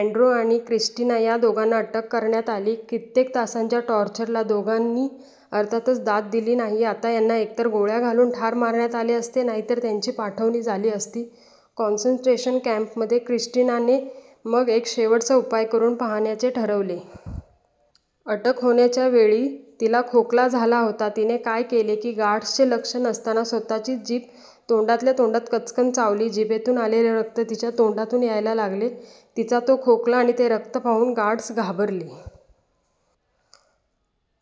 Andrew आणि Christina या दोघांना अटक करण्यात आली. कित्येक तासांच्या टॉर्चरला दोघांनी अर्थातच दाद दिली नाही. आता यांना एकतर गोळ्या घालून ठार मारण्यात आले असते, नाहीतर त्यांची पाठवणी झाली असती कॉन्सन्ट्रेशन कँपमध्ये. क्रिस्टीनाने मग एक शेवटचा उपाय करून पाहण्याचे ठरवले. अटक होण्याच्या वेळी तिला खोकला झाला होता. तिने काय केले की गार्ड्सचे लक्ष नसताना स्वतःचीच जीभ तोंडातल्या तोंडात कच्चकन चावली. जिभेतून आलेले रक्त तिच्या तोंडातून यायला लागले. तिचा तो खोकला आणि ते रक्त पाहून गार्ड्स घाबरले.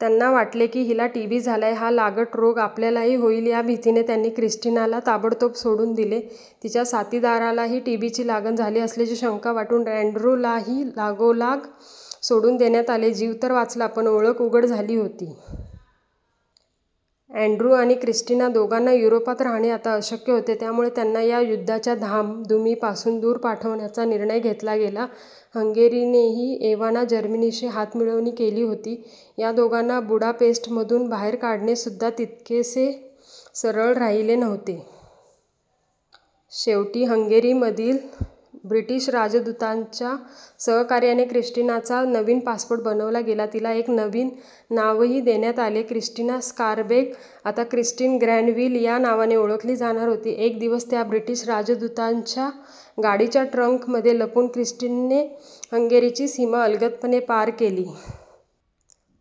त्यांना वाटले की हिला टीबी झालाय. हा लागट रोग आपल्यालाही होईल या भीतीने त्यांनी क्रिस्टीनाला ताबडतोब सोडून दिले. तिच्या साथीदारालाही टीबीची लागण झाली असल्याची शंका वाटून अँड्र्यूलाही लगोलाग सोडून देण्यात आले. जीव तर वाचला, पण ओळख उघड झाली होती. अँड्र्यू आणि क्रिस्टीना दोघांना युरोपात राहणे आता अशक्य होते. त्यामुळे त्यांना या युद्धाच्या धामधुमीपासून दूर पाठवण्याचा निर्णय घेतला गेला. हंगेरीनेही एव्हाना जर्मनीशी हातमिळवणी केली होती. या दोघांना बुडापेस्टमधून बाहेर काढणेसुद्धा तितकेसे सरळ राहिले नव्हते. शेवटी हंगेरीमधील ब्रिटिश राजदूताच्या सहकार्याने क्रिस्टीनाचा नवीन पासपोर्ट बनवला गेला. तिला एक नवीन नावही देण्यात आले. क्रिस्टीना स्कारबेक आता क्रिस्टीन ग्रॅनविल या नावाने ओळखली जाणार होती. एक दिवस त्या ब्रिटिश राजदूताच्या गाडीच्या ट्रंकमध्ये लपून क्रिस्टीनने हंगेरीची सीमा अलगदपणे पार केली.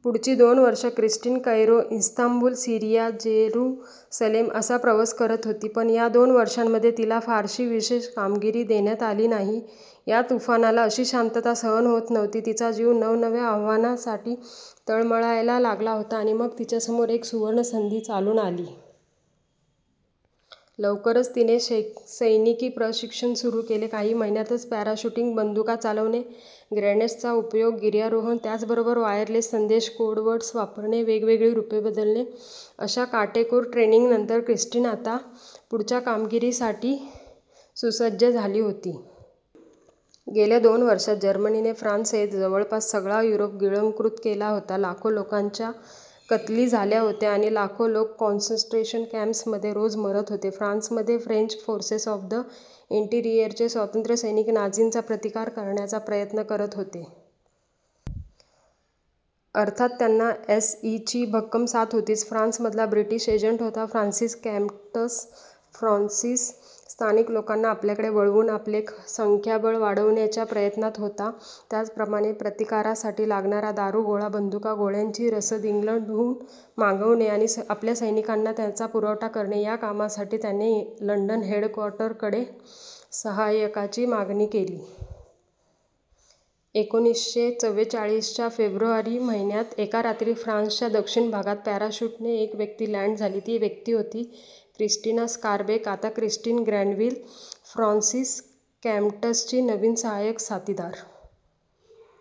पुढची दोन वर्षे Christine Cairo, Istanbul, Syria, Jerusalem असा प्रवास करत होती. पण या दोन वर्षांमध्ये तिला फारशी विशेष कामगिरी देण्यात आली नाही. या तुफानाला अशी शांतता सहन होत नव्हती. तिचा जीव नवनव्या आव्हानांसाठी तळमळायला लागला होता आणि मग तिच्यासमोर एक सुवर्णसंधी चालून आली. लवकरच तिचे सैन सैनिकी प्रशिक्षण सुरू झाले. काही महिन्यांतच पॅराशूटिंग, बंदुका चालवणे, ग्रेनेड्सचा उपयोग, गिर्यारोहण, त्याचबरोबर वायरलेस संदेश, कोड वर्ड्स वापरणे, वेगवेगळी रूपे बदलणे अशा काटेकोर ट्रेनिंगनंतर क्रिस्टीन आता पुढच्या कामगिरीसाठी सुसज्ज झाली होती. गेल्या दोन वर्षांत जर्मनीने फ्रान्ससहित जवळपास सगळा युरोप गिळंकृत केला होता. लाखो लोकांच्या कत्तली झाल्या होत्या आणि लाखो लोक कॉन्ससट्रेशन कँप्समध्ये रोज मरत होते. फ्रान्समध्ये फ्रेंच फोर्सेस ऑफ द इंटीरियरचे स्वातंत्र्यसैनिक नाझींचा प्रतिकार करण्याचा प्रयत्न करत होते. अर्थात त्यांना एस.ई.ची भक्कम साथ होतीच. फ्रान्समधला ब्रिटिश एजंट होता फ्रान्सिस कॅमट्स. फ्रान्सिस, स्थानिक लोकांना आपल्याकडे वळवून आपले संख्याबळ वाढवण्याच्या प्रयत्नात होता. त्याचप्रमाणे प्रतिकारासाठी लागणारा दारूगोळा, बंदुका, गोळ्यांची रसद इंग्लंडहून मागवणे आणि आपल्या सैनिकांना त्याचा पुरवठा करणे या कामांसाठी त्याने लंडन हेडक्वॉर्टरकडे साहाय्यकाची मागणी केली. एकोणीसशे चव्वेचाळीसच्या फेब्रुवारी महिन्यात एका रात्री फ्रान्सच्या दक्षिण भागात पॅराशूटने एक व्यक्ती लँड झाली. ती व्यक्ती होती क्रिस्टीना स्कारबेक आता क्रिस्टीन ग्रॅनविल! फ्रान्सिस कॅमट्सची नवीन साहाय्यक, साथीदार.